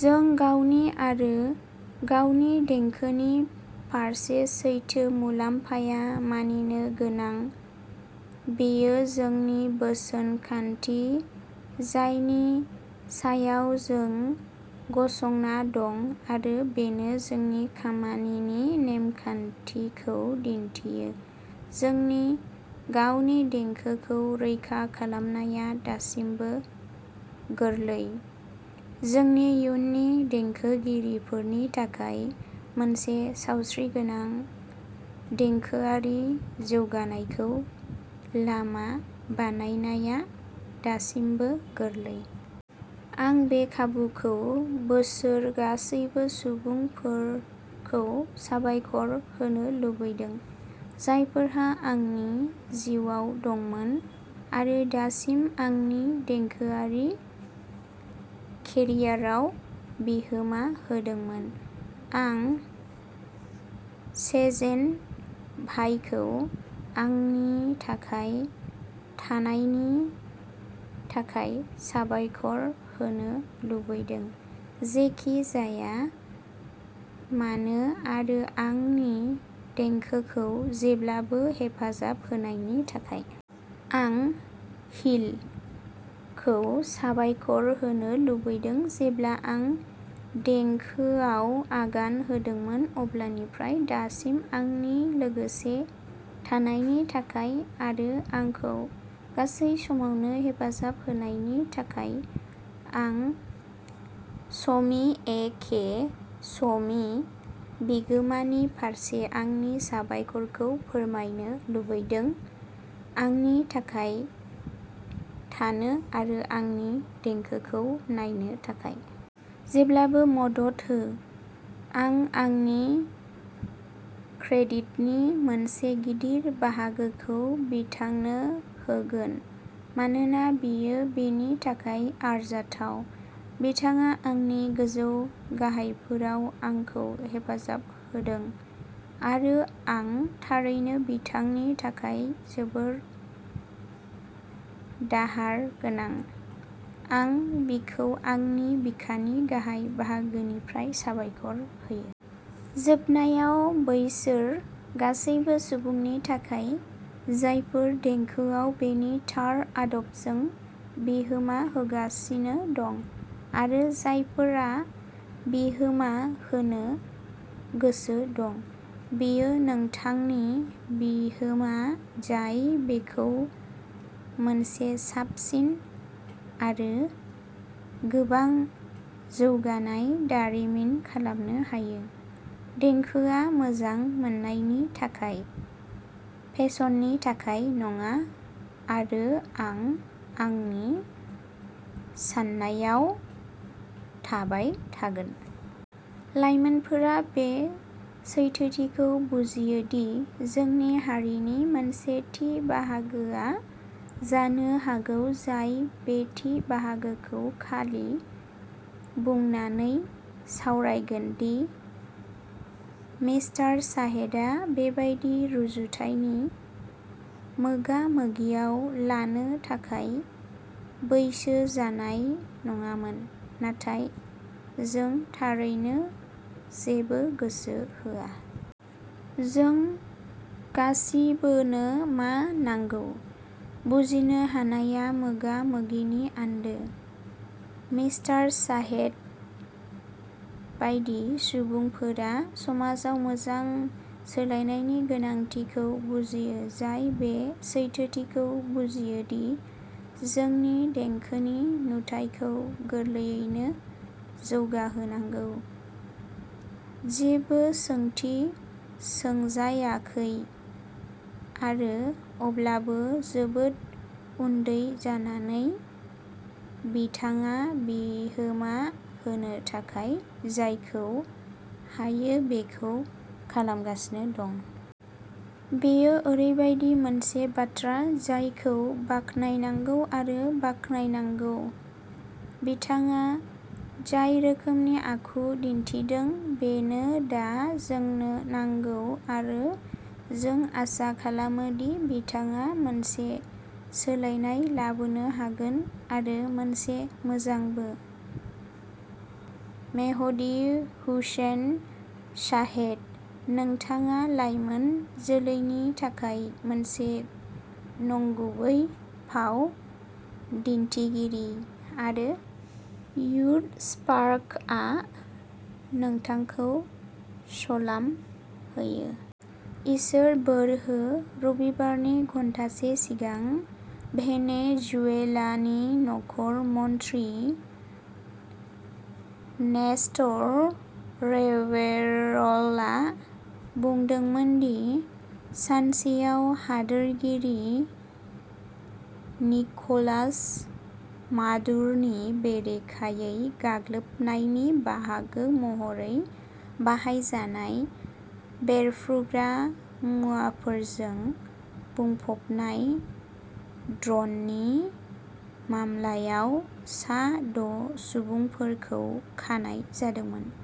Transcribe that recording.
जों गावनि आरो गावनि देंखोनि फारसे सैथो, मुलाम्फाया मानिनो गोनां। बेयो जोंनि बोसोन खान्थि जायनि सायाव जों गसंना दं, आरो बेनो जोंनि खामानिनि नेम-खान्थिखौ दिन्थियो। जोंनि गावनि देंखोखौ रैखा खालामनाया दासिमबो गोरलै। जोंनि इयुननि देंखोगिरिफोरनि थाखाय मोनसे सावस्रिगोनां देंखोआरि जौगानायखौ लामा बानायनाया दासिमबो गोरलै। आं बे खाबुखौ बैसोर गासिबो सुबुंफोरखौ साबायखर होनो लुबैदों, जायफोरा आंनि जिउआव दंमोन आरो दासिम आंनि देंखोआरि केरियारआव बिहोमा होदोंमोन। आं सेजेन भाइखौ आंनि थाखाय थानायनि थाखाय साबायखर होनो लुबैदों, जेखि जाया मानो आरो आंनि देंखोखौ जेब्लाबो हेफाजाब होनायनि थाखाय। आं हीलखौ साबायखर होनो लुबैदों, जेब्ला आं देंखोआव आगान होदोंमोन अब्लानिफ्राय दासिम आंनि लोगोसे थानायनि थाखाय आरो आंखौ गासै समावनो हेफाजाब होनायनि थाखाय। आं समी ए के समी, बिगोमा नि फारसे आंनि साबायखरखौ फोरमायनो लुबैदों, आंनि थाखाय थानो आरो आंनि देंखोखौ नायनो थाखाय। जेब्लाबो मदद हो। आं आंनि क्रेडिटनि मोनसे गिदिर बाहागोखौ बिथांनो होगोन मानोना बियो बेनि थाखाय आरजाथाव। बिथाङा आंनि गोजौ-गाहायफोराव आंखौ हेफाजाब होदों आरो आं थारैनो बिथांनि थाखाय जोबोद दाहार गोनां। आं बिखौ आंनि बिखानि गाहाय बाहागोनिफ्राय साबायखर होयो। जोबनायाव, बैसोर गासैबो सुबुंफोरनि थाखाय जायफोरा देंखोआव बेनि थार आदबजों बिहोमा होगासिनो दं आरो जायफोरा बिहोमा होनो गोसो दं, बेयो नोंथांनि बिहोमा जाय बेखौ मोनसे साबसिन आरो गोबां जौगानाय दारिमिन खालामनो हायो। देंखोआ मोजां मोननायनि थाखाय, फेसननि थाखाय नङा आरो आं आंनि साननायाव थाबाय थागोन। लाइमोनफोरा बे सैथोथिखौ बुजियो दि जोंनि हारिनि मोनसे थि बाहागोआ जानो हागौ जाय बे थि बाहागोखौ खालि बुंनानै सावरायगोन दि मिस्टार शाहेदआ बेबादि रुजुथायनि मोगा-मोगियाव लानो थाखाय बैसो जानाय नङामोन, नाथाय, जों थारैनो जेबो गोसो होआ। जों गासिबोनो मा नांगौ। बुजिनो हानाया मोगा मोगिनि आन्दो। मिस्टार शाहेद बायदि सुबुंफोरा समाजाव मोजां सोलायनायनि गोनांथिखौ बुजियो, जाय बे सैथोथिखौ बुजियो दि जोंनि देंखोनि नुथायखौ गोरलैयैनो जौगाहोनांगौ, जेबो सोंथि सोंजायाखै आरो अब्लाबो जोबोद उन्दै जानानै, बिथाङा बिहोमा होनो थाखाय जायखौ हायो बेखौ खालामगासिनो दं। बेयो ओरैबायदि मोनसे बाथ्रा जायखौ बाख्नायनांगौ आरो बाख्नायनांगौ। बिथाङा जाय रोखोमनि आखु दिन्थिदों, बेनो दा जोंनो नांगौ आरो जों आसा खालामो दि बिथाङा मोनसे सोलायनाय लाबोनो हागोन-आरो मोनसे मोजांबो। मेहदी हुसैन शाहेद, नोंथाङा लाइमोन जोलैनि थाखाय मोनसे नंगुबै फाव दिन्थिगिरि आरो युथस्पार्क्सआ नोंथांखौ सलाम होयो। इसोर बोर हो। रबिबारनि घन्टासे सिगां भेनेजुएलानि नखर मन्थ्रि नेस्टर रेवेरलआ बुंदोंमोन दि सानसेआव हादोरगिरि निकोलास मादुर'नि बेरेखायै गाग्लोबनायनि बाहागो महरै बाहायजानाय बेरफ्रुग्रा मुवाफोरजों बुंफबनाय ड्रोननि मामलायाव सा द'सुबुंफोरखौ खानाय जादोंमोन।